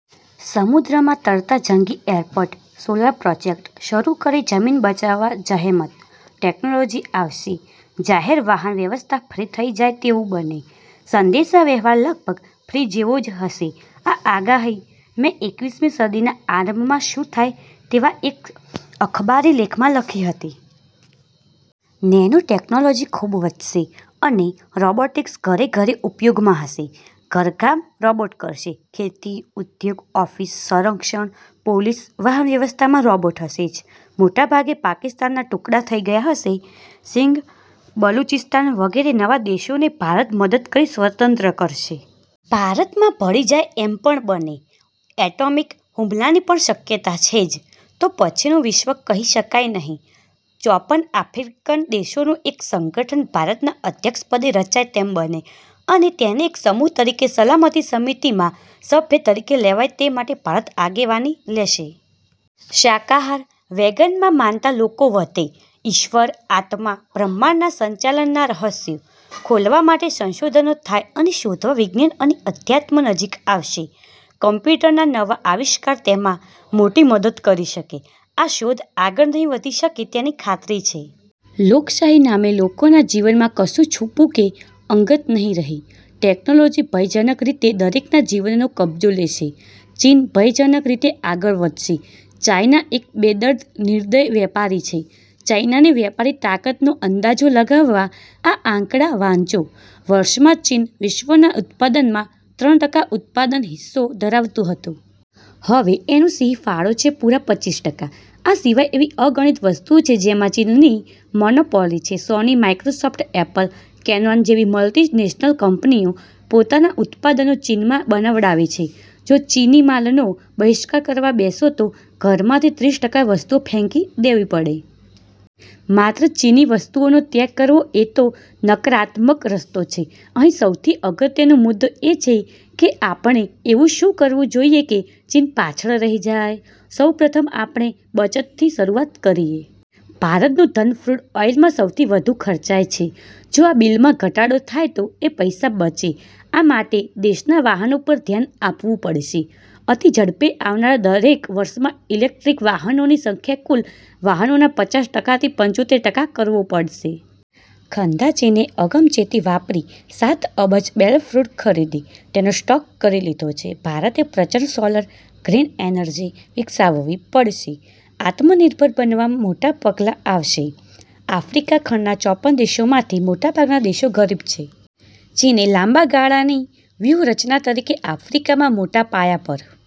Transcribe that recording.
સમુદ્રમાં તરતા જંગી એરપોર્ટ, સોલાર પ્રોજેક્ટ શરૂ કરી જમીન બચાવવા જહેમત, ટેકનોલોજી આવશે. જાહેર વાહન વ્યવસ્થા ફ્રી થઈ જાય તેવું બને. સંદેશા વ્યવહાર લગભગ ફ્રી જેવો જ હશે. આ આગાહી મેં એકવીસ મી સદી ના આરંભમાં શું થાય તેવા એક અખબારી લેખમાં લખી હતી. નેનો ટેકનોલોજી ખૂબ વધશે અને રોબોટિક્સ ઘરે ઘરે ઉપયોગમાં હશે. ઘરકામ રોબોટ કરશે. ખેતી, ઉદ્યોગો, ઓફિસ, સંરક્ષણ, પોલીસ, વાહન વ્યવસ્થા માં રોબોટ હશે જ. મોટાભાગે પાકિસ્તાનના ટુકડા થઈ ગયા હશે. સિંઘ, બલુચિસ્તાન વગેરે નવા દેશોને ભારત મદદ કરી સ્વતંત્ર કરશે. ભારતમાં ભળી જાય તેમ પણ બને. એટોમિક હુમલાની પણ શક્યતા છે જ. તો પછીનું વિશ્વ કહી શકાય નહિ. ચોપન આફ્રિકન દેશોનું એક સંગઠન ભારતના અધ્યક્ષ પદે રચાય તેમ બને, અને તેને એક સમૂહ તરીકે સલામતી સમિતિમાં સભ્ય તરીકે લેવાય તે માટે ભારત આગેવાની લેશે. શાકાહાર, વેગન માં માનતા લોકો વધે. ઈશ્વર, આત્મા, બ્રહ્માંડના સંચાલન ના રહસ્યો ખોલવા માટે સંશોધનો થાય અને શોધવા વિજ્ઞાન અને અધ્યાત્મ નજીક આવશે. કમ્પ્યુટર ના નવા આવિષ્કાર તેમાં મોટી મદદ કરી શકે. આ શોધ આગળ નહિ વધી શકે તેની ખાતરી છે. લોકશાહી નામે લોકોના જીવનમાં કશું છૂપુ કે અંગત નહિ રહે. ટેકનોલોજી ભયજનક રીતે દરેકના જીવનનો કબજો લેશે. ચીન ભયજનક રીતે આગળ વધશે. ચાઈના એક બેદર્દ, નિર્દય વેપારી છે. ચાઈનાની વ્યાપારી તાકાતનો અંદાજો લગાવવા આ આંકડા વાંચો- વર્ષ માં ચીન વિશ્વના ઉત્પાદનમાં ત્રણ ટકા ઉત્પાદન હિસ્સો ધરાવતું હતું. હવે એનો સિંહફાળો છે પૂરા પચીસ ટકા. આ સિવાય એવી અગણિત વસ્તુઓ છે જેમાં ચીનની મોનોપોલી છે. સોની, માઈક્રોસોફ્ટ, એપલ, કેનોન જેવી મલ્ટીનેશનલ કંપનીઓ પોતાનાં ઉત્પાદનો ચીનમાં બનાવડાવે છે. જો ચીની માલનો બહિષ્કાર કરવા બેસો તો ઘરમાંથી ત્રીસ ટકા વસ્તુઓ ફેંકી દેવી પડે. માત્ર ચીની વસ્તુઓનો ત્યાગ કરવો એ તો નકારાત્મક રસ્તો છે. અહીં સૌથી અગત્યનો મુદ્દો એ છે કે આપણે એવું શું કરવું જોઈએ કે ચીન પાછળ રહી જાય? સૌ પ્રથમ આપણે બચતથી શરૂઆત કરીએ. ભારતનું ધન ક્રૂડ ઓઈલમાં સૌથી વધુ ખર્ચાય છે. જો આ બીલમાં ઘટાડો થાય તો એ પૈસા બચે. આ માટે દેશનાં વાહનો પર ધ્યાન આપવું પડશે. અતિ ઝડપે આવનારાં દશેક વર્ષમાં ઈલેકટ્રીક વાહનોની સંખ્યા કુલ વાહનોનાં પચાસ ટકા થી પંચોતેર ટકા કરવો પડશે. ખંધા ચીને અગમચેતી વાપરી સાત અબજ બેરલ ક્રૂડ ખરીદી, તેનો સ્ટોક કરી લીધો છે. ભારતે પ્રચંડ સોલર, ગ્રીન એનર્જી વિકસાવવી પડશે. આત્મ નિર્ભર બનવા મોટા પગલાં આવશે. આફ્રિકા ખંડના ચોપન દેશોમાંથી મોટાભાગના દેશો ગરીબ છે. ચીને લાંબા ગાળાની વ્યૂહ રચના તરીકે આફ્રિકામાં મોટા પાયા પર "